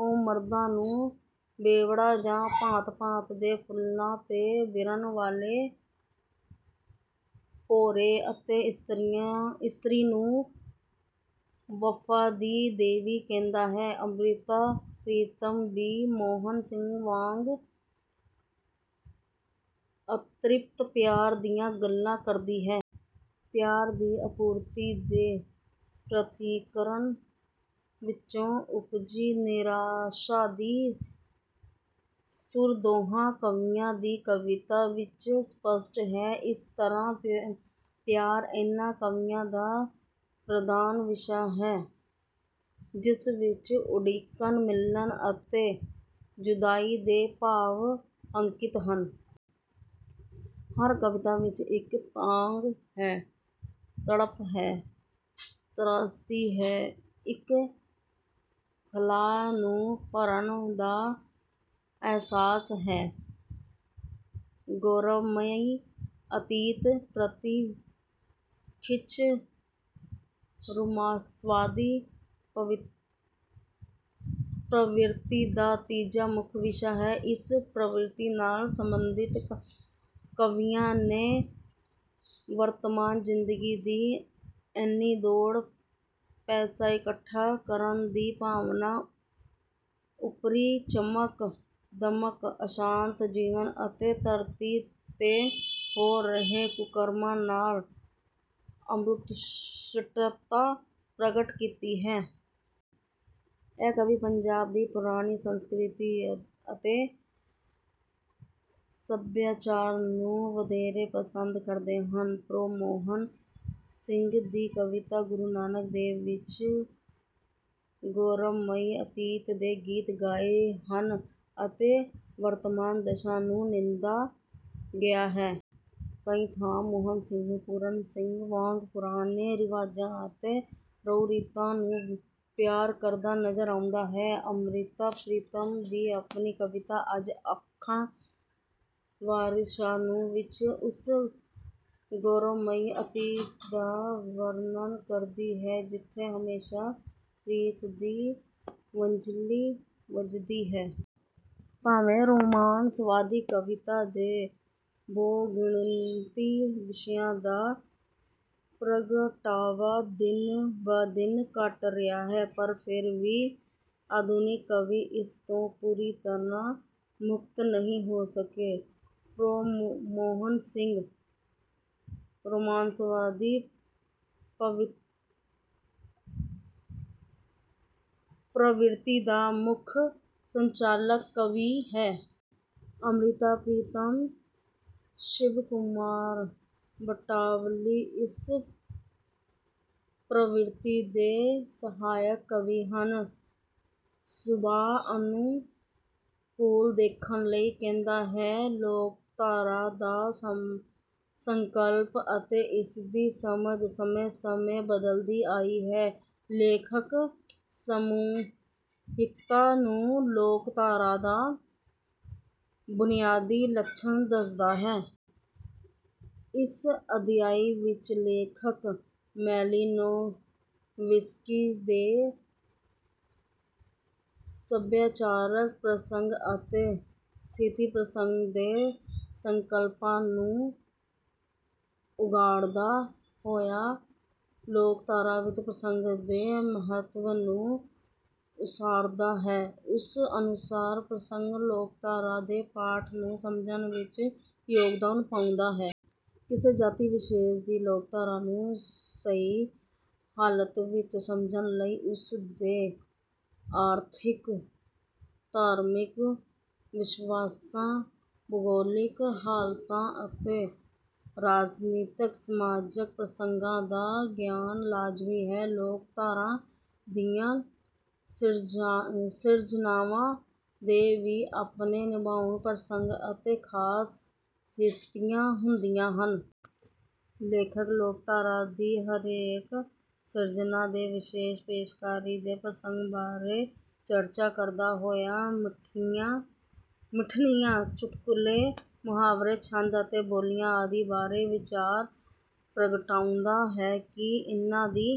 ਉਹ ਮਰਦਾਂ ਨੂੰ ਬੇਵਫਾ ਜਾਂ ਭਾਂਤ ਭਾਂਤ ਦੇ ਫੁੱਲਾਂ ਤੇ ਫਿਰਨ ਵਾਲੇ ਭੌਰੇ ਅਤੇ ਇਸਤਰੀ ਨੂੰ ਵਫਾ ਦੀ ਦੇਵੀ ਕਹਿੰਦਾ ਹੈ। ਅਮ੍ਰਿਤਾ ਪ੍ਰੀਤਮ ਵੀ ਮੋਹਨ ਸਿੰਘ ਵਾਂਗ ਅਤ੍ਰਿਪਤ ਪਿਆਰ ਦੀਆਂ ਗੱਲਾਂ ਕਰਦੀ ਹੈ। ਪਿਆਰ ਦੀ ਅਪੂਰਤੀ ਦੇ ਪ੍ਰਤੀਕਰਮ ਵਿੱਚੋਂ ਉਪਜੀ ਨਿਰਾਸ਼ਾ ਦੀ ਸੁਰ ਦੋਹਾਂ ਕਵੀਆਂ ਦੀ ਕਵਿਤਾ ਵਿੱਚ ਸਪੱਸ਼ਟ ਹੈ। ਇਸ ਤਰ੍ਹਾਂ ਪਿਆਰ ਇਹਨਾਂ ਕਵੀਆਂ ਦਾ ਪ੍ਰਧਾਨ ਵਿਸ਼ਾ ਹੈ ਜਿਸ ਵਿੱਚ ਉਡੀਕਣ ਮਿਲਣ ਅਤੇ ਜੁਦਾਈ ਦੇ ਭਾਵ ਅੰਕਿਤ ਹਨ। ਹਰ ਕਵਿਤਾ ਵਿੱਚ ਇੱਕ ਤਾਂਘ ਹੈ ਤੜਪ ਹੈ ਤ੍ਰਾਸਦੀ ਹੈ। ਇੱਕ ਖਲਾਅ ਨੂੰ ਭਰਨ ਦਾ ਅਹਿਸਾਸ ਹੈ। ਗੌਰਵਮਈ ਅਤੀਤ ਪ੍ਰਤੀ ਖਿੱਚ ਰੁਮਾਂਸਵਾਦੀ ਪ੍ਰਵਿਰਤੀ ਦਾ ਤੀਜਾ ਮੁੱਖ ਵਿਸ਼ਾ ਹੈ। ਇਸ ਪ੍ਰਵਿਰਤੀ ਨਾਲ ਸਬੰਧਿਤ ਕਵੀਆਂ ਨੇ ਵਰਤਮਾਨ ਜਿੰਦਗੀ ਦੀ ਅੰਨ੍ਹੀ ਦੌੜ ਪੈਸਾ ਇਕੱਠਾ ਕਰਨ ਦੀ ਭਾਵਨਾ ਉੱਪਰੀ ਚਮਕ ਦਮਕ ਅਸ਼ਾਂਤ ਜੀਵਨ ਅਤੇ ਧਰਤੀ ਤੇ ਹੋ ਰਹੇ ਕੁਕਰਮਾਂ ਨਾਲ ਅਸੰਤੁਸ਼ਟਤਾ ਪ੍ਰਗਟ ਕੀਤੀ ਹੈ। ਇਹ ਕਵੀ ਪੰਜਾਬ ਦੀ ਪੁਰਾਣੀ ਸੰਸਕ੍ਰਿਤ ਅਤੇ ਸੱਭਿਆਚਾਰ ਨੂੰ ਵਧੇਰੇ ਪਸੰਦ ਕਰਦੇ ਹਨ। ਪ੍ਰੋ ਮੋਹਨ ਸਿੰਘ ਦੀ ਕਵਿਤਾ ਗੁਰੂ ਨਾਨਕ ਦੇਵ ਵਿੱਚ ਵੀ ਗੌਰਵਮਈ ਅਤੀਤ ਦੇ ਗੀਤ ਗਾਏ ਹਨ ਅਤੇ ਵਰਤਮਾਨ ਦਸ਼ਾ ਨੂੰ ਨਿੰਦਾ ਗਿਆ ਹੈ। ਕਈ ਥਾਂ ਮੋਹਨ ਸਿੰਘ ਪੂਰਨ ਸਿੰਘ ਵਾਂਗ ਪੁਰਾਣੇ ਰਿਵਾਜਾਂ ਅਤੇ ਰਹੁ ਰੀਤਾਂ ਨੂੰ ਪਿਆਰ ਕਰਦਾ ਨਜ਼ਰ ਆਉਂਦਾ ਹੈ। ਅਮ੍ਰਿਤਾ ਪ੍ਰੀਤਮ ਵੀ ਆਪਣੀ ਕਵਿਤਾ ਅੱਜ ਆਖਾਂ ਵਾਰਿਸ ਸ਼ਾਹ ਨੂੰ ਵਿੱਚ ਉਸ ਗੌਰਵਮਈ ਅਤੀਤ ਦਾ ਵਰਣਨ ਕਰਦੀ ਹੈ ਜਿੱਥੇ ਹਮੇਸ਼ਾ ਪ੍ਰੀਤ ਦੀ ਵੰਝਲੀ ਵੱਜਦੀ ਹੈ। ਭਾਵੇਂ ਰੁਮਾਂਸਵਾਦੀ ਕਵਿਤਾ ਦੇ ਬਹੁ ਗਿਣਤੀ ਵਿਸ਼ਿਆਂ ਦਾ ਪ੍ਰਗਟਾਵਾ ਦਿਨ ਬ ਦਿਨ ਘੱਟ ਰਿਹਾ ਹੈ ਪਰ ਫਿਰ ਵੀ ਆਧੁਨਿਕ ਕਵੀ ਇਸ ਤੋਂ ਪੂਰੀ ਤਰ੍ਹਾਂ ਮੁਕਤ ਨਹੀਂ ਹੋ ਸਕੇ। ਪ੍ਰੋ ਮੋਹਨ ਸਿੰਘ ਰੁਮਾਂਸਵਾਦੀ ਪ੍ਰਵਿਰਤੀ ਦਾ ਮੁੱਖ ਸੰਚਾਲਕ ਕਵੀ ਹੈ। ਅਮ੍ਰਿਤਾ ਪ੍ਰੀਤਮ ਸ਼ਿਵ ਕੁਮਾਰ ਬਟਾਲਵੀ ਇਸ ਪ੍ਰਵਿਰਤੀ ਦੇ ਸਹਾਇਕ ਕਵੀ ਹਨ। ਸੁਭਾਅ ਅਨੁਕੂਲ ਦੇਖਣ ਲਈ ਕਹਿੰਦਾ ਹੈ। ਲੋਕਧਾਰਾ ਦਾ ਸੰਕਲਪ ਅਤੇ ਇਸਦੀ ਸਮਝ ਸਮੇਂ ਸਮੇਂ ਬਦਲਦੀ ਆਈ ਹੈ। ਲੇਖਕ ਸਮੂਹਿਕਤਾ ਨੂੰ ਲੋਕਧਾਰਾ ਦਾ ਬੁਨਿਆਦੀ ਲੱਛਣ ਦੱਸਦਾ ਹੈ। ਇਸ ਅਧਿਆਇ ਵਿੱਚ ਲੇਖਕ ਮੈਲੀਨੋਵਿਸਕੀ ਦੇ ਸਭਿਆਚਾਰਕ ਪ੍ਰਸੰਗ ਅਤੇ ਸਥਿਤੀ ਪ੍ਰਸੰਗ ਦੇ ਸੰਕਲਪਾਂ ਨੂੰ ਉਘਾੜਦਾ ਹੋਇਆ ਲੋਕਧਾਰਾ ਵਿੱਚ ਪ੍ਰਸੰਗ ਦੇ ਮਹੱਤਵ ਨੂੰ ਉਸਾਰਦਾ ਹੈ। ਉਸ ਅਨੁਸਾਰ ਪ੍ਰਸੰਗ ਲੋਕਧਾਰਾ ਦੇ ਪਾਠ ਨੂੰ ਸਮਝਣ ਵਿੱਚ ਯੋਗਦਾਨ ਪਾਉਂਦਾ ਹੈ। ਕਿਸੇ ਜਾਤੀ ਵਿਸ਼ੇਸ਼ ਦੀ ਲੋਕਧਾਰਾ ਨੂੰ ਸਹੀ ਹਾਲਤ ਵਿੱਚ ਸਮਝਣ ਲਈ ਉਸ ਦੇ ਆਰਥਿਕ ਧਾਰਮਿਕ ਵਿਸ਼ਵਾਸਾਂ ਭੂਗੋਲਿਕ ਹਾਲਤਾਂ ਅਤੇ ਰਾਜਨੀਤਕ ਸਮਾਜਕ ਪ੍ਰਸੰਗਾਂ ਦਾ ਗਿਆਨ ਲਾਜ਼ਮੀ ਹੈ। ਲੋਕਧਾਰਾ ਦੀਆਂ ਸਿਰਜਣਾਵਾਂ ਦੇ ਵੀ ਆਪਣੇ ਨਿਭਾਉ ਪ੍ਰਸੰਗ ਅਤੇ ਖਾਸ ਸਥਿਤੀਆਂ ਹੁੰਦੀਆਂ ਹਨ। ਲੇਖਕ ਲੋਕਧਾਰਾ ਦੀ ਹਰੇਕ ਸਿਰਜਣਾ ਦੇ ਵਿਸ਼ੇਸ਼ ਪੇਸ਼ਕਾਰੀ ਦੇ ਪ੍ਰਸੰਗ ਬਾਰੇ ਚਰਚਾ ਕਰਦਾ ਹੋਇਆ ਸਿੱਠਣੀਆਂ ਚੁਟਕੁਲੇ ਮੁਹਾਵਰੇ ਛੰਦ ਅਤੇ ਬੋਲੀਆਂ ਆਦਿ ਬਾਰੇ ਵਿਚਾਰ ਪ੍ਰਗਟਾਉਂਦਾ ਹੈ ਕਿ ਇਨ੍ਹਾਂ ਦੀ